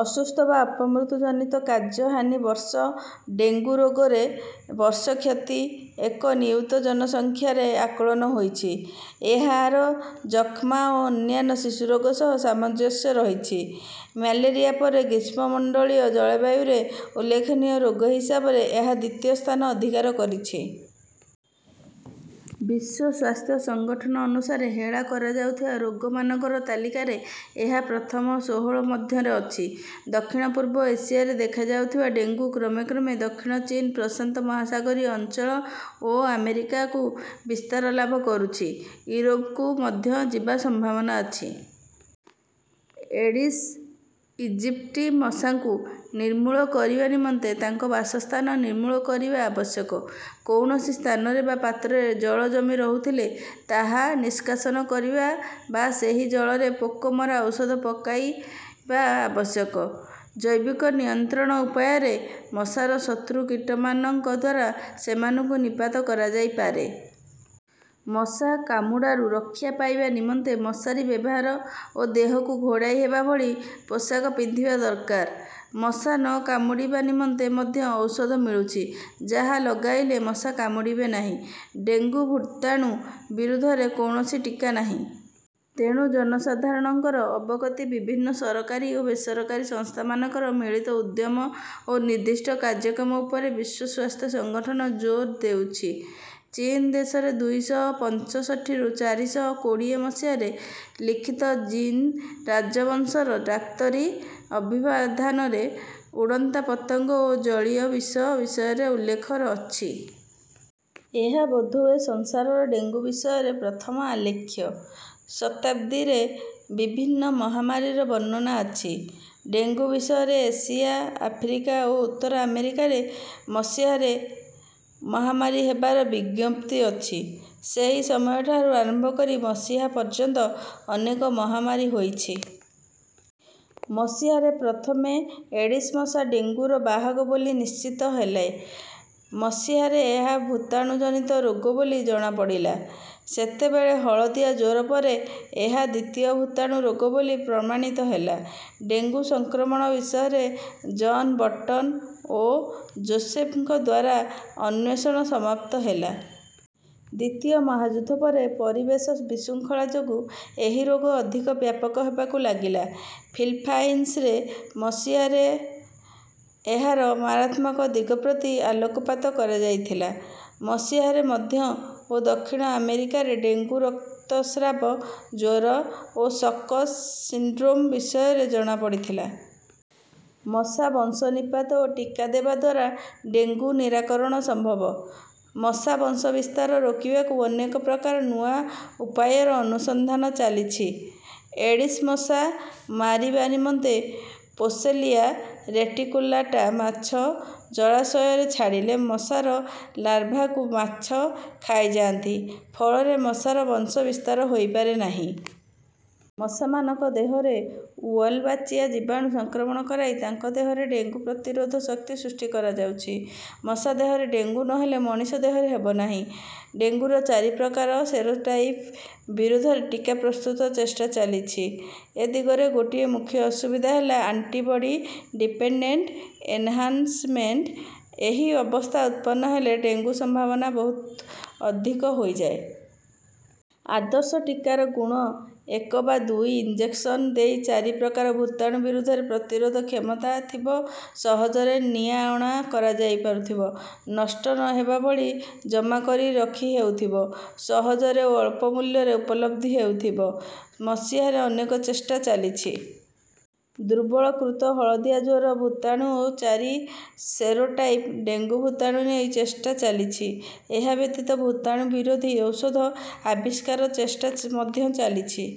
ଅସୁସ୍ଥ ବା ଅପମୃତ୍ୟୁ ଜନିତ କାର୍ଯ୍ୟହାନି ବର୍ଷ। ଡେଙ୍ଗୁ ରୋଗରେ ବର୍ଷ କ୍ଷତି ଏକ ନିୟୁତ ଜନସଂଖ୍ୟାରେ ଆକଳନ ହୋଇଛି। ଏହାର ଯକ୍ଷ୍ମା ଓ ଅନ୍ୟାନ୍ୟ ଶିଶୁରୋଗ ସହ ସାମଞ୍ଜସ୍ୟ ରହିଛି। ମ୍ୟାଲେରିଆ ପରେ ଗ୍ରୀଷ୍ମମଣ୍ଡଳୀୟ ଜଳବାୟୁରେ ଉଲ୍ଲେଖନୀୟ ରୋଗ ହିସାବରେ ଏହା ଦ୍ୱିତୀୟ ସ୍ଥାନ ଅଧିକାର କରିଛି। ବିଶ୍ୱ ସ୍ୱାସ୍ଥ୍ୟ ସଂଗଠନ ଅନୁସାରେ ହେଳା କରାଯାଉଥିବା ରୋଗମାନଙ୍କର ତାଲିକାରେ ଏହା ପ୍ରଥମ ଷୋହଳ ମଧ୍ୟରେ ଅଛି। ଦକ୍ଷିଣ ପୂର୍ବ ଏସିଆରେ ଦେଖାଯାଉଥିବା ଡେଙ୍ଗୁ କ୍ରମେ କ୍ରମେ ଦକ୍ଷିଣ ଚୀନ ପ୍ରଶାନ୍ତ ମହାସାଗରୀୟ ଅଞ୍ଚଳ ଓ ଆମେରିକାକୁ ବିସ୍ତାର ଲାଭ କରୁଛି। ୟୁରୋପକୁ ମଧ୍ୟ ଯିବା ସମ୍ଭାବନା ଅଛି। ଏଡିସ ଇଜିପ୍ଟି ମଶାଙ୍କୁ ନିର୍ମୂଳ କରିବା ନିମନ୍ତେ ତାଙ୍କ ବାସସ୍ଥାନ ନିର୍ମୂଳ କରିବା ଆବଶ୍ୟକ। କୌଣସି ସ୍ଥାନରେ ବା ପାତ୍ରରେ ଜଳ ଜମି ରହୁଥିଲେ ତାହା ନିଷ୍କାସନ କରିବା ବା ସେହି ଜଳରେ ପୋକ ମରା ଔଷଧ ପକାଇବା ଆବଶ୍ୟକ। ଜୈବିକ ନିୟନ୍ତ୍ରଣ ଉପାୟରେ ମଶାର ଶତ୍ରୁ କୀଟମାନଙ୍କ ଦ୍ୱାରା ସେମାନଙ୍କୁ ନିପାତ କରାଯାଇପାରେ। ମଶା କାମୁଡ଼ାରୁ ରକ୍ଷା ପାଇବା ନିମନ୍ତେ ମଶାରୀ ବ୍ୟବହାର ଓ ଦେହକୁ ଘୋଡ଼ାଇ ହେବା ଭଳି ପୋଷାକ ପିନ୍ଧିବା ଦରକାର। ମଶା ନ କାମୁଡ଼ିବା ନିମନ୍ତେ ମଧ୍ୟ ଔଷଧ ମିଳୁଛି ଯାହା ଲଗାଇଲେ ମଶା କାମୁଡ଼ିବେ ନାହିଁ। ଡେଙ୍ଗୁ ଭୂତାଣୁ ବିରୁଦ୍ଧରେ କୌଣସି ଟିକା ନାହିଁ। ତେଣୁ ଜନସାଧାରଣଙ୍କର ଅବଗତି ବିଭିନ୍ନ ସରକାରୀ ଓ ବେସରକାରୀ ସଂସ୍ଥାମାନଙ୍କର ମିଳିତ ଉଦ୍ୟମ ଓ ନିର୍ଦ୍ଦିଷ୍ଟ କାର୍ଯ୍ୟକ୍ରମ ଉପରେ ବିଶ୍ୱ ସ୍ୱାସ୍ଥ୍ୟ ସଂଗଠନ ଜୋର ଦେଉଛି। ଚୀନ ଦେଶରେ ଦୁଇ ଶହ ପଞ୍ଚଷଠିରୁ ଚାରି ଶହ କୋଡ଼ିଏ ମସିହାରେ ଲିଖିତ ଜିନ ରାଜବଂଶର ଡାକ୍ତରୀ ଅଭିଧାନରେ ଉଡ଼ନ୍ତା ପତଙ୍ଗ ଓ ଜଳୀୟ ବିଷ ବିଷୟରେ ଉଲ୍ଲେଖ ଅଛି। ଏହା ବୋଧହୁଏ ସଂସାରର ଡେଙ୍ଗୁ ବିଷୟରେ ପ୍ରଥମ ଆଲେଖ୍ୟ। ଶତାବ୍ଦୀରେ ବିଭିନ୍ନ ମହାମାରୀର ବର୍ଣ୍ଣନା ଅଛି। ଡେଙ୍ଗୁ ବିଷୟରେ ଏସିଆ ଆଫ୍ରିକା ଓ ଉତ୍ତର ଆମେରିକାରେ ମସିହାରେ ମହାମାରୀ ହେବାର ବିଜ୍ଞପ୍ତି ଅଛି। ସେହି ସମୟଠାରୁ ଆରମ୍ଭ କରି ମସିହା ପର୍ଯ୍ୟନ୍ତ ଅନେକ ମହାମାରୀ ହୋଇଛି। ମସିହାରେ ପ୍ରଥମେ ଏଡିସ ମଶା ଡେଙ୍ଗୁର ବାହକ ବୋଲି ନିଶ୍ଚିତ ହେଲେ। ମସିହାରେ ଏହା ଭୂତାଣୁ ଜନିତ ରୋଗ ବୋଲି ଜଣାପଡ଼ିଲା। ସେତେବେଳେ ହଳଦିଆ ଜ୍ୱର ପରେ ଏହା ଦ୍ୱିତୀୟ ଭୂତାଣୁ ରୋଗ ବୋଲି ପ୍ରମାଣିତ ହେଲା। ଡେଙ୍ଗୁ ସଂକ୍ରମଣ ବିଷୟରେ ଜନ ବର୍ଟନ ଓ ଜୋସେଫଙ୍କ ଦ୍ୱାରା ଅନ୍ୱେଷଣ ସମାପ୍ତ ହେଲା। ଦ୍ୱିତୀୟ ମହାଯୁଦ୍ଧ ପରେ ପରିବେଶ ବିଶୃଙ୍ଖଳା ଯୋଗୁଁ ଏହି ରୋଗ ଅଧିକ ବ୍ୟାପକ ହେବାକୁ ଲାଗିଲା। ଫିଲିପାଇନ୍ସରେ ମସିହାରେ ଏହାର ମାରାତ୍ମକ ଦିଗ ପ୍ରତି ଆଲୋକପାତ କରାଯାଇଥିଲା। ମସିହାରେ ମଧ୍ୟ ଓ ଦକ୍ଷିଣ ଆମେରିକାରେ ଡେଙ୍ଗୁ ରକ୍ତସ୍ରାବ ଜ୍ୱର ଓ ସକ ସିଣ୍ଡ୍ରୋମ ବିଷୟରେ ଜଣାପଡ଼ିଥିଲା। ମଶା ବଂଶ ନିପାତ ଓ ଟିକା ଦେବା ଦ୍ୱାରା ଡେଙ୍ଗୁ ନିରାକରଣ ସମ୍ଭବ। ମଶା ବଂଶ ବିସ୍ତାର ରୋକିବାକୁ ଅନେକ ପ୍ରକାର ନୂଆ ଉପାୟର ଅନୁସନ୍ଧାନ ଚାଲିଛି। ଏଡିସ ମଶା ମାରିବା ନିମନ୍ତେ ପୋସେଲିଆ ରେଟିକୁଲାଟା ମାଛ ଜଳାଶୟରେ ଛାଡ଼ିଲେ ମଶାର ଲାର୍ଭାକୁ ମାଛ ଖାଇଯାଆନ୍ତି ଫଳରେ ମଶାର ବଂଶ ବିସ୍ତାର ହୋଇପାରେ ନାହିଁ। ମଶାମାନଙ୍କ ଦେହରେ ୱଲବାଚିଆ ଜୀବାଣୁ ସଂକ୍ରମଣ କରାଇ ତାଙ୍କ ଦେହରେ ଡେଙ୍ଗୁ ପ୍ରତିରୋଧ ଶକ୍ତି ସୃଷ୍ଟି କରାଯାଉଛି। ମଶା ଦେହରେ ଡେଙ୍ଗୁ ନ ହେଲେ ମଣିଷ ଦେହରେ ହେବ ନାହିଁ। ଡେଙ୍ଗୁର ଚାରି ପ୍ରକାର ସେରୋଟାଇପ ବିରୁଦ୍ଧରେ ଟିକା ପ୍ରସ୍ତୁତି ଚେଷ୍ଟା ଚାଲିଛି। ଏ ଦିଗରେ ଗୋଟିଏ ମୁଖ୍ୟ ଅସୁବିଧା ହେଲା ଆଣ୍ଟିବଡ଼ି ଡିପେଣ୍ଡେଣ୍ଟ ଏନହାନସମେଣ୍ଟ ଏହି ଅବସ୍ଥା ଉତ୍ପନ୍ନ ହେଲେ ଡେଙ୍ଗୁ ସମ୍ଭାବନା ବହୁତ ଅଧିକ ହୋଇଯାଏ। ଆଦର୍ଶ ଟିକାର ଗୁଣ ଏକ ବା ଦୁଇ ଇଞ୍ଜେକସନ ଦେଇ ଚାରି ପ୍ରକାର ଭୂତାଣୁ ବିରୁଦ୍ଧରେ ପ୍ରତିରୋଧ କ୍ଷମତା ଥିବ ସହଜରେ ନିଆଅଣା କରାଯାଇପାରୁଥିବ ନଷ୍ଟ ନ ହେବା ଭଳି ଜମା କରି ରଖିହେଉଥିବ ସହଜରେ ଓ ଅଳ୍ପ ମୂଲ୍ୟରେ ଉପଲବ୍ଧ ହେଉଥିବ। ମସିହାରେ ଅନେକ ଚେଷ୍ଟା ଚାଲିଛି। ଦୁର୍ବଳୀକୃତ ହଳଦିଆ ଜ୍ୱର ଭୂତାଣୁ ଓ ଚାରି ସେରୋଟାଇପ ଡେଙ୍ଗୁ ଭୂତାଣୁ ନେଇ ଚେଷ୍ଟା ଚାଲିଛି। ଏହା ବ୍ୟତୀତ ଭୂତାଣୁ ବିରୋଧୀ ଔଷଧ ଆବିଷ୍କାର ଚେଷ୍ଟା ମଧ୍ୟ ଚାଲିଛି।